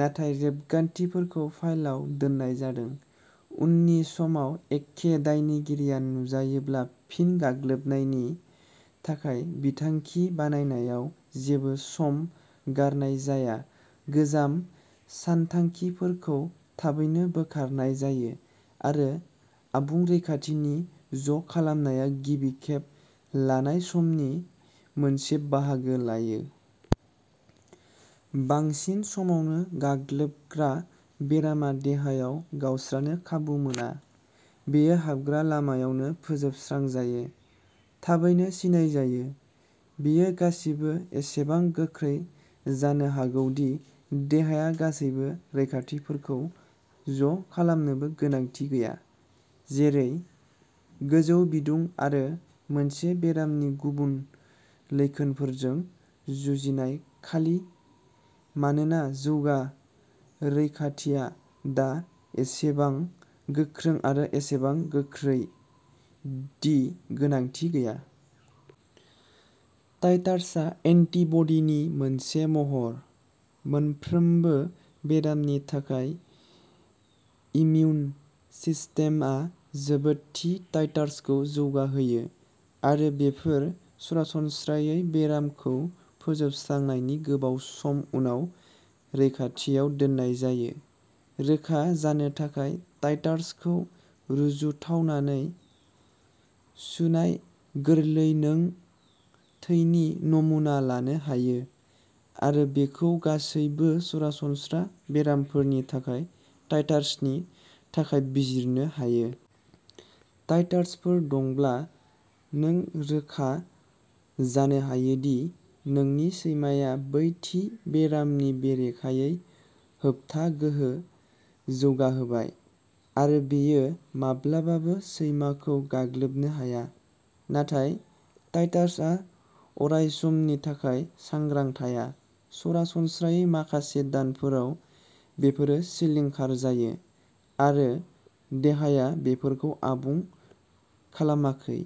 नाथाय रेबगान्थिफोरखौ फाइलाव दोननाय जादों। उननि समाव एखे दायनिगिरिआ नुजायोब्ला, फिन गाग्लोबनायनि थाखाय बिथांखि बानायनायाव जेबो सम गारनाय जाया-गोजाम सानथांखिफोरखौ थाबैनो बोखारनाय जायो, आरो आबुं रैखाथिनि ज'खालामनाया गिबि खेब लानाय समनि मोनसे बाहागो लायो। बांसिन समावनो, गाग्लोबग्रा बेरामा देहायाव गावस्रानो खाबु मोना-बेयो हाबग्रा लामायावनो फोजोबस्रांजायो, थाबैनो सिनायजायो! बेयो गासिबो एसेबां गोख्रै जानो हागौ दि देहाया गासैबो रैखाथिफोरखौ ज'खालामनोबो गोनांथि गैया, जेरै गोजौ बिदुं आरो मोनसे बेरामनि गुबुन लैखोनफोरजों जुजिनाय-खालि मानोना जौगा रैखाथिआ दा एसेबां गोख्रों आरो एसेबां गोख्रै दि गोनांथि गैया! टाइटार्सआ "एन्टि-बडी" नि मोनसे महर। मोनफ्रोमबो बेरामनि थाखाय, इमिउन सिस्टेमआ जोबोद थि टाइटार्स जौगाहोयो, आरो बेफोर सरासनस्रायै बेरामखौ फोजोबस्रांनायनि गोबाव सम उनाव रैखाथिआव दोननाय जायो। रोखा जानो थाखाय। टाइटार्सखौ रुजुथावनायै सुनाय गोरलै। नों थैनि नमुना लानो हायो आरो बेखौ गासैबो सरासनस्रा बेरामफोरनि थाखाय टाइटार्सनि थाखाय बिजिरनो हायो। टाइटार्सफोर दंब्ला, नों रोखा जानो हायो दि नोंनि सैमाया बै थि बेरामनि बेरेखायै होबथा गोहो जौगाहोबाय-आरो बेयो माब्लाबाबो सैमाखौ गाग्लोबनो हाया। नाथाय टाइटार्सआ अरायसमनि थाखाय सांग्रां थाया। सरासनस्रायै, माखासे दानफोराव, बेफोरो सिलिंखार जायो, आरो देहाया बेफोरखौ आबुं खालामाखै।